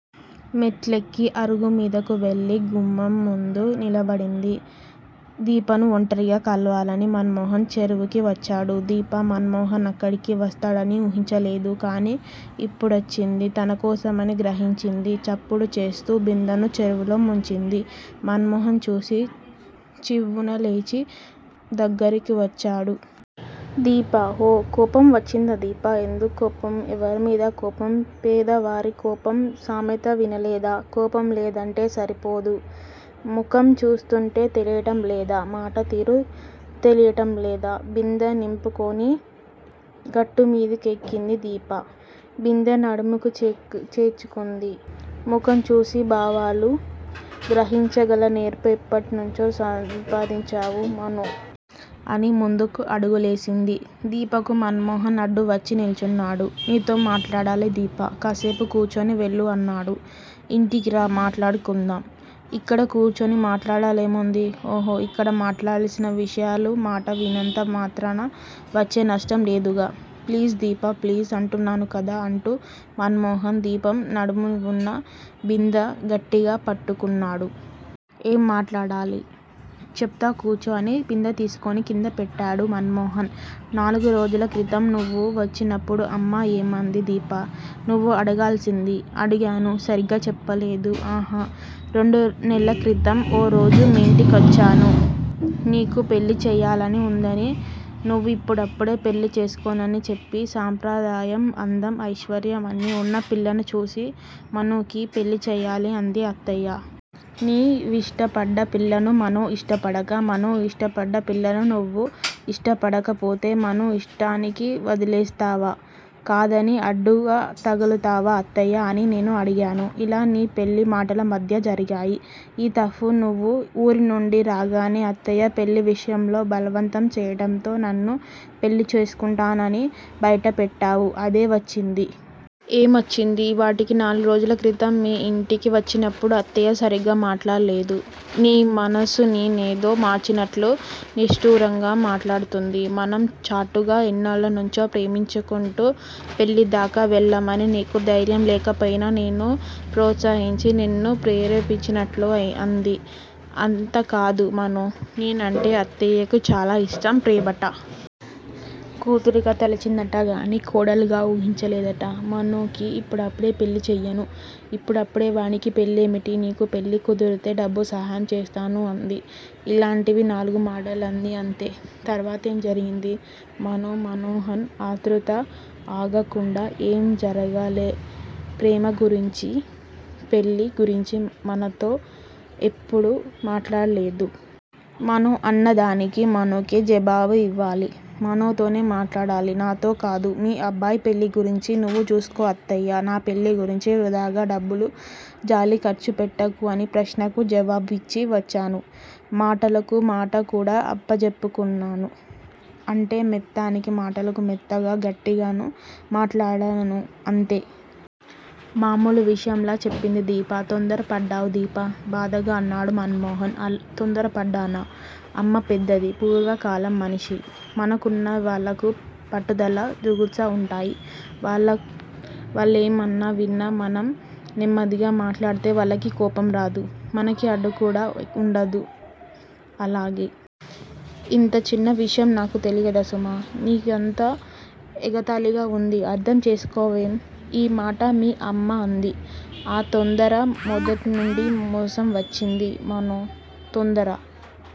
మెట్లెక్కి అరుగుమీదకు వెళ్ళి, గుమ్మం ముందు నిలబడింది. దీపని వంటరిగా కలవాలనే మన్ మోహన్ చెరువుకి వచ్చాడు. దీప మన్ మోహన్ అక్కడికి వస్తాడని ఊహించలేదు. కాని ఇప్పుడొచ్చింది. తనకోసమే అని గ్రహించింది. చప్పుడు చేస్తూ బిందెని చెరువులో ముంచింది. మన్ మోహన్ చూసి చివ్వున లేచి దగ్గరికొచ్చాడు. దీపా! ఊ కోపం వచ్చిందా దీపా? ఎందుకు కోపం! ఎవరిమీద కోపం! పేద వారికోపం సామెత వినలేదా? కోపం లేదంటే సరిపోయిందా! ముఖం చూస్తూంటే తెలియటం లేదా, మాట తీరు తెలియటం లేదా? బిందె నింపుకుని గట్టుమీద కెక్కింది దీప. బిందె నడుంకి చేర్చుకుంది. ముఖం చూసి భావాలు గ్రహించగల నేర్పు ఎప్పటినుంచి సంపాదించావు మనూ? అని ముందుకు అడుగులేసింది. దీపకి మన్ మోహన్ అడ్డం వచ్చి నుంచున్నాడు. నీతో మాట్లాడాలి దీపా! కాసేపు కూర్చుని వెళ్ళు అన్నాడు. ఇంటికి రా మాట్లాడుకుందాం. ఇక్కడే కూర్చుని మాట్లాడాలనేముంది? ఉహు, ఇక్కడ మాట్లాడాల్సిన విషయాలే. మాట విన్నంత మాత్రాన వచ్చే నష్టం లేదుగా! ప్లీజ్ దీపా, ప్లీజ్ అంటున్నాకదా అంటూ మన్ మోహన్ దీప నడుంన వున్న బిందె గట్టిగా పట్టుకున్నాడు. ఏం మాట్లాడాలి? చెపుతా కూర్చో! అని బిందె తీసి కింద పెట్టాడు మన్ మోహన్. నాలుగు రోజులక్రితం నువ్వొచ్చినప్పుడు అమ్మ ఏమంది దీపా నువ్వే అడగాల్సింది. అడిగాను. సరిగా చెప్పలేదు. ఆహా రెండు నెలల క్రితం ఓ రోజు మీ ఇంటికొచ్చాను. నీకు పెళ్ళిచేయాలని వుందని నీవు యిప్పుడప్పుడే పెళ్ళి చేసుకోనన్నానని చెప్పి, సాంప్రదాయ, అందం, ఐశ్వర్యం అన్ని ఉన్న పిల్లని చూసి మనూకి పెళ్ళిచేయాలని అంది అత్తయ్య. నీ విష్టపడిన పిల్లని మనూ ఇష్టపడక, మనూ ఇష్టపడ్డ పిల్లని నీవు ఇష్టపడకపోతే మనూ ఇష్టానికి వదిలేస్తావా? కాదని అడ్డం తగులుతావా, అత్తయ్యా! అని నే అడిగాను. ఇలా నీ పెళ్ళి మాటలు మధ్య జరిగాయి. ఈ తఫా నీవు ఊరి నుండి రాగానే అత్తయ్య పెళ్ళి విషయంలో బలవంతం చేయటంతో నన్ను పెళ్ళిచేసుకుంటా నని బైటపెట్టావు, అదే వచ్చింది. ఏమొచ్చింది? ఇవాల్టికి నాలుగు రోజుల క్రితం మీ ఇంటికి వచ్చినప్పుడు అత్తయ్య సరిగా మాట్లాడలేదు. నీ మనసేదో నే మార్చినట్లు నిష్టూరంగా మాట్లాడింది. మనం చాటుగా ఎన్నాళ్ళనుంచో ప్రేమించుకుంటూ పెళ్ళిదాకా వెళ్ళామని, నీకు ధైర్యంలేకపోయినా నేను ప్రోత్సహించి నిన్ను ప్రేరేపించినట్లు అంది. అంతేకాదు మనూ! నేనంటే అత్తయ్యకి చాలా ఇష్టం, ప్రేమట. కూతురుగా తలచిందిట గాని కోడలుగా వూహించలేదుట. మనూకి ఇప్పుడిప్పుడే పెళ్లిచేయను, ఇప్పుడప్పుడే వాడికి పెళ్లేమిటి, నీకు పెళ్ళి కుదిరితే డబ్బు సాయం చేస్తాను అంది. ఇలాంటివే నాలుగు మాటలంది అంతే. తర్వాతేం జరిగింది? మన్ మోహన్ ఆత్రుతగా అడిగాడు. ఏమి జరగలా! ప్రేమ గురించి పెళ్లి గురించి మనూతో ఎప్పుడూ మాట్లాడలేదు. మనూ అన్నదానికి మనూకే జవాబివ్వాలి. మనూతోనే మాట్లాడాలి, నాతో కాదు. మీ అబ్బాయి పెళ్ళిగురించి నువ్వు చూసుకో అత్తయ్యా! నా పెళ్ళిగురించి వృధాగా డబ్బు జాలి ఖర్చుపెట్టకు, అని ప్రశ్నకు జవాబిచ్చి వచ్చేశాను. మాటకు మాటకూడా అప్పగించాననుకో. అంటే మెత్తని మాటలకు మెత్తగాను; గట్టిగాను మాట్లాడాను అంతే. మామూలు విషయంలా చెప్పింది దీప. తొందర పడ్డావ్ దీపా! బాధగా అన్నాడు మన్ మోహన్. తొందరపడ్డానా? అమ్మ పెద్దది. పూర్వకాలం మనిషి. మనకన్నా వాళ్ళకే పట్టుదల జాస్తీగా వుంటాయి. వాళ్లేమన్నా విని మనం నెమ్మదిగా మాట్లాడితే వాళ్ళకి కోపం రాదు. మనకి అడ్డంకు వుండదు. అలాగా! ఇంత చిన్న విషయం నాకు తెలియదు సుమా! నీకంతా ఎగతాళిగా వుంది అర్ధంచేసుకోవేం? ఈ మాట మీ అమ్మ అంది. ఆ తొందరే మొదటికే మోసం వచ్చేది. మనూ! తొందర